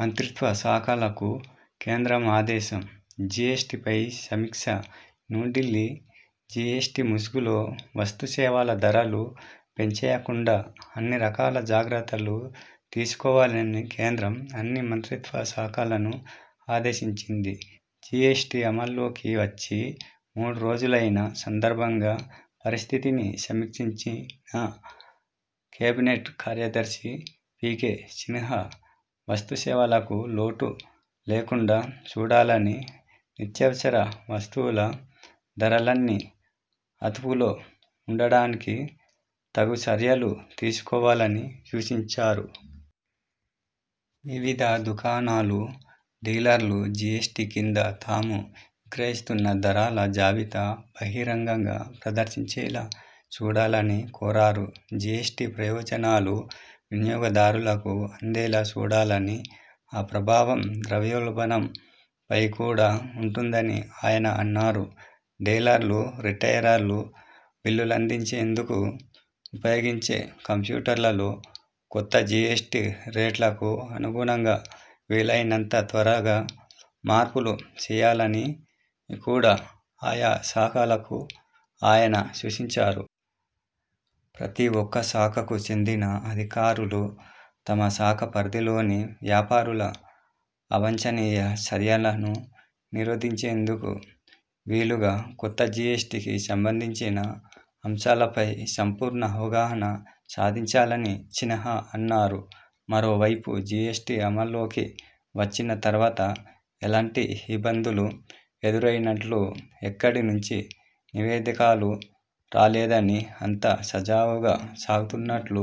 మంత్రిత్వ శాఖలకు కేంద్రం ఆదేశం జిఎస్టిపై సమీక్షన్యూఢిల్లీ జిఎస్టి ముసుగులో వస్తుసేవల ధరలు పెంచేయకుండా అన్ని రకాల జాగ్రత్తలు తీసుకోవాలని కేంద్రం అన్ని మంత్రిత్వ శాఖలను ఆదేశించింది. జిఎస్టి అమల్లోకి వచ్చి మూడు రోజులైన సందర్భంగా పరిస్థితిని సమీక్షించిన కేబినెట్ కార్యదర్శి పికె సిన్హా వస్తుసేవలకు లోటు లేకుండా చూడాలని, నిత్యావసర వస్తువుల ధరలన్నీ అదుపులో ఉండడానికి తగు చర్యలు తీసుకోవాలని సూచించారు. వివిధ దుకాణాలు, డీలర్లు జిఎ్సటి కింద తాము విక్రయిస్తున్న ధరల జాబితా బహిరంగంగా ప్రదర్శించేలా చూడాలని కోరారు. జిఎ్సటి ప్రయోజనాలు వినియోగదారులకు అందేలా చూడాలని, ఆ ప్రభావం ద్రవ్యోల్బణంపై కూడా ఉంటుందని ఆయన అన్నారు. డీలర్లు, రిటైలర్లు బిల్లులందించేందుకు ఉపయోగించే కంప్యూటర్లలో కొత్త జిఎస్టి రేట్లకు అనుగుణంగా వీలైనంత త్వరగా మార్పులు చేయాలని కూడా ఆయాశాఖలకు ఆయన సూచించారు. ప్రతి ఒక్క శాఖకు చెందిన అధికారులు తమ శాఖ పరిధిలోని వ్యాపారుల అవాంఛనీయ చర్యలను నిరోధించేందుకు వీలుగా కొత్త జిఎస్టికి సంబంధించిన అంశాలపై సంపూర్ణ అవగాహన సాధించాలని సిన్హా అన్నారు. మరోవైపు జిఎ్సటి అమల్లోకి వచ్చిన తర్వాత ఎలాంటి ఇబ్బందులు ఎదురైనట్లు ఎక్కడి నుంచి నివేదికలు రాలేదని, అంతా సజావుగా సాగిపోతున్నట్లు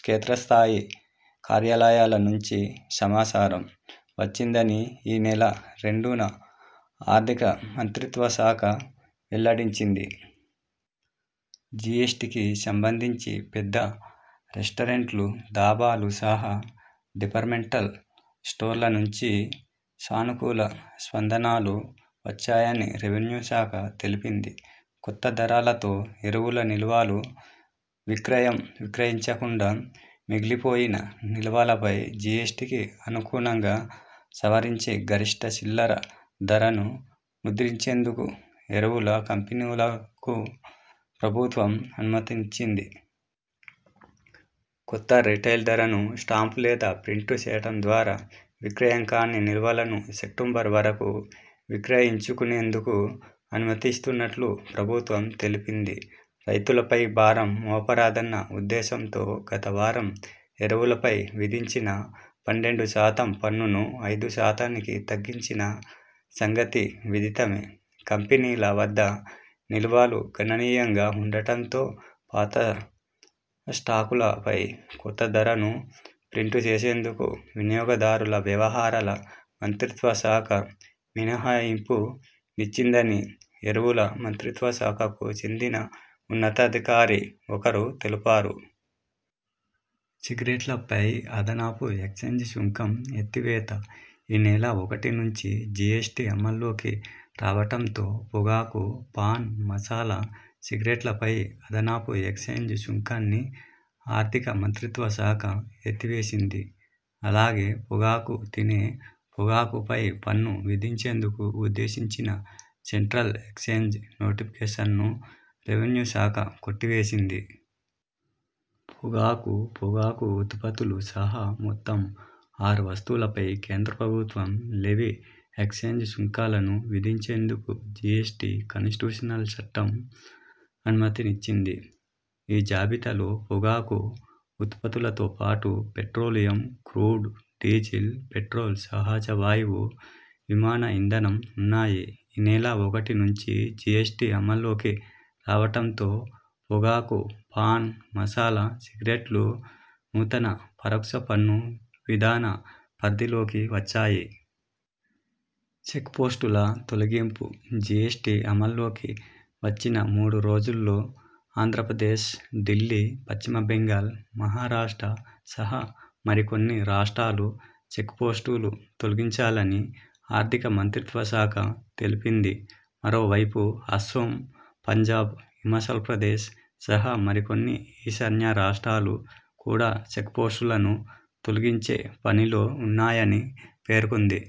క్షేత్ర స్థాయి కార్యాలయాల నుంచి సమాచారం వచ్చిందని ఈ నెల రెండున ఆర్థిక మంత్రిత్వ శాఖ వెల్లడించింది. జిఎ్సటికి సంబంధించి పెద్ద రెస్టారెంట్లు, దాబాలు సహా డిపార్ట్మెంటల్ స్టోర్ల నుంచి సానుకూల స్పందనలు వచ్చాయని రెవెన్యూ శాఖ తెలిపింది. కొత్త ధరలతో ఎరువుల నిల్వలు విక్రయంవిక్రయించకుండా మిగిలిపోయిన నిల్వలపై జిఎ్సటికి అనుగుణంగా సవరించిన గరిష్ఠ చిల్లర ధర ను ముద్రించేందుకు ఎరువుల కంపెనీలకు ప్రభుత్వం అనుమతినిచ్చింది. కొత్త రిటైల్ ధరను స్టాంప్ లేదా ప్రింట్ చేయటం ద్వారా విక్రయం కాని నిల్వలను సెప్టెంబరు వరకు విక్రయించుకునేందుకు అనుమతిస్తున్నట్లు ప్రభుత్వం తెలిపింది. రైతులపై భారం మోపరాదన్న ఉద్దేశంతో గతవారం ఎరువులపై విధించిన పన్నెండు శాతం పన్నును ఐదు శాతానికి తగ్గించిన సంగతి విదితమే. కంపెనీల వద్ద నిల్వలు గణనీయంగా ఉండటంతో పాత స్టాకులపై కొత్త ధరలను ప్రింట్ చేసేందుకు వినియోగదారుల వ్యవహారాల మంత్రిత్వ శాఖ మినహాయింపునిచ్చిందని ఎరువుల మంత్రిత్వ శాఖకు చెందిన ఉన్నతాధికారి ఒకరు తెలిపారు. సిగరెట్లపై అదనపు ఎక్సైజ్ సుంకం ఎత్తివేత ఈ నెల ఒకటి నుంచి జిఎస్టి అమల్లోకి రావటంతో పొగాకు, పాన్ మసాలా, సిగరెట్లపై అదనపు ఎక్సైజ్ సుంకాన్ని ఆర్థిక మంత్రిత్వ శాఖ ఎత్తివేసింది. అలాగే పొగాకు, తినే పొగాకుపై పన్ను విధించేందుకు ఉద్దేశించిన సెంట్రల్ ఎక్సైజ్ నోటిఫికేషన్ను రెవెన్యూ శాఖ కొట్టివేసింది. పొగాకు, పొగాకు ఉత్పత్తులు సహా మొత్తం ఆరు వస్తువులపై కేంద్ర ప్రభుత్వం లెవీ ఎక్సైజ్ సుంకాలను విధించేందుకు జిఎ్సటి కానిస్టిట్యూషనల్ చట్టం అనుమతినిచ్చింది. ఈ జాబితాలో పొగాకు ఉత్పత్తులతో పాటు పెట్రోలియం క్రూడ్, డీజిల్, పెట్రోల్, సహజవాయువు, విమాన ఇంధనం ఉన్నాయి. ఈ నెల ఒకటి నుంచి జిఎ్సటి అమల్లోకి రావటంతో పొగాకు, పాన్ మసాలా, సిగరెట్లు నూతన పరోక్ష పన్ను విధాన పరిధిలోకి వచ్చాయి. చెక్పోస్టుల తొలగింపు జిఎ్సటి అమల్లోకి వచ్చిన మూడు రోజుల్లో ఆంధ్రప్రదేశ్, ఢిల్లీ, పశ్చిమ బెంగాల్, మహారాష్ట్ర సహా మరికొన్ని రాష్ట్రాలు చెక్పోస్టులు తొలగించాయని ఆర్థిక మంత్రిత్వ శాఖ తెలిపింది. మరోవైపు అస్సోం, పంజాబ్, హిమాచల్ ప్రదేశ్ సహా మరికొన్ని ఈశాన్య రాష్ట్రాలు కూడా చెక్పోస్టులను తొలగించే పనిలో ఉన్నాయని పేర్కొంది.